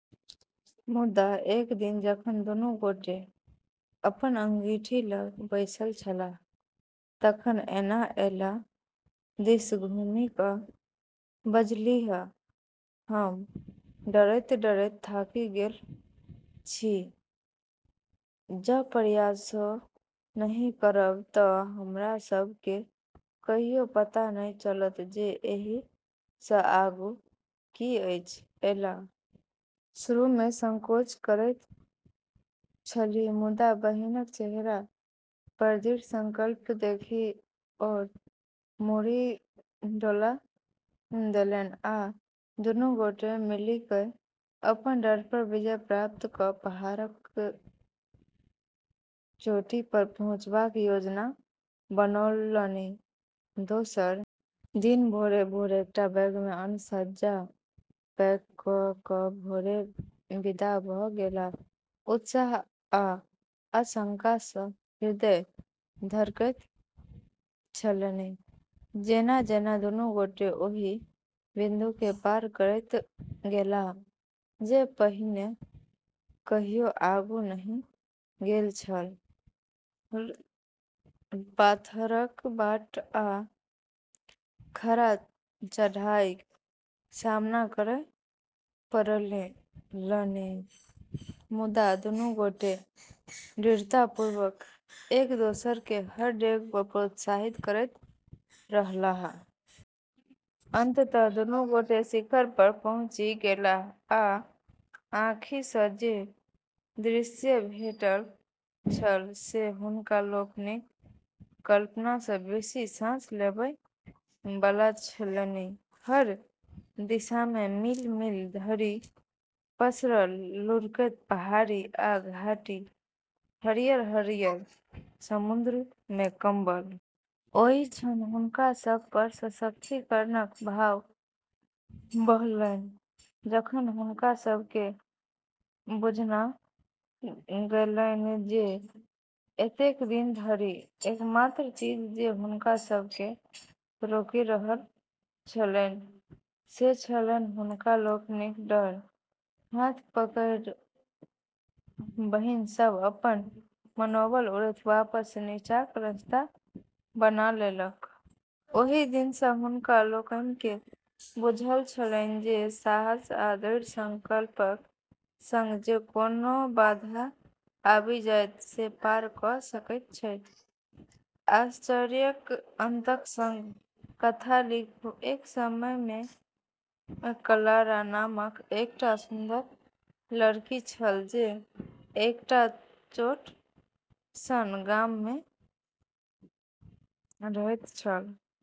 मुदा एक दिन जखन दुनू गोटे अपन अंगीठी लग बैसल छलाह तखन एना एला दिस घुमि कऽ बजलीह, हम डरैत-डरैत थाकि गेल छी । जँ प्रयासो नहि करब तऽ हमरा सभ केँ कहियो पता नहि चलत जे एहि सँ आगू की अछि ।एला शुरू मे संकोच करैत छलीह, मुदा बहिनक चेहरा पर दृढ़ संकल्प देखि ओ मुड़ी डोला देलनि आ दुनू गोटे मिलिकय अपन डर पर विजय प्राप्त कऽ पहाड़क चोटी पर पहुँचबाक योजना बनौलनि ।दोसर दिन भोरे-भोर एकटा बैग मे अन्न-सज्जा पैक कऽ कऽ भोरे विदा भऽ गेलाह, उत्साह आ आशंका सँ हृदय धड़कैत छलनि। जेना-जेना दुनू गोटे ओहि बिन्दु केँ पार करैत गेलाह जे पहिने कहियो आगू नहि गेल छल, पाथरक बाट आ खड़ा चढ़ाईक सामना करय पड़लनि, मुदा दुनू गोटे दृढ़तापूर्वक एक-दोसर केँ हर डेग पर प्रोत्साहित करैत रहलाह । अंततः दुनू गोटे शिखर पर पहुँचि गेलाह, आ आँखि सँ जे दृश्य भेटल छल से हुनका लोकनिक कल्पना सँ बेसी साँस लेबय बला छलनि। हर दिशा मे मील-मील धरि पसरल लुढ़कैत पहाड़ी आ घाटी, हरियर-हरियर समुद्र मे कम्बल। ओहि क्षण हुनका सभ पर सशक्तिकरणक भाव बहलनि, जखन हुनका सभ केँ बुझना गेलनि जे एतेक दिन धरि एकमात्र चीज जे हुनका सभ केँ रोकि रहल छलनि से छलनि हुनका लोकनिक डर। हाथ पकड़ि बहिन सभ अपन मनोबल उड़ैत वापस नीचाँक रस्ता बना लेलक। ओहि दिन सँ हुनका लोकनि केँ बुझल छलनि जे साहस आ दृढ़ संकल्पक संग जे कोनो बाधा आबि जायत से पार कऽ सकैत छथि। आश्चर्यक अंतक संग कथा लिखू। एक समय मे क्लारा नामक एकटा सुन्दर लड़की छल जे एकटा छोट सन गाम मे रहैत छल।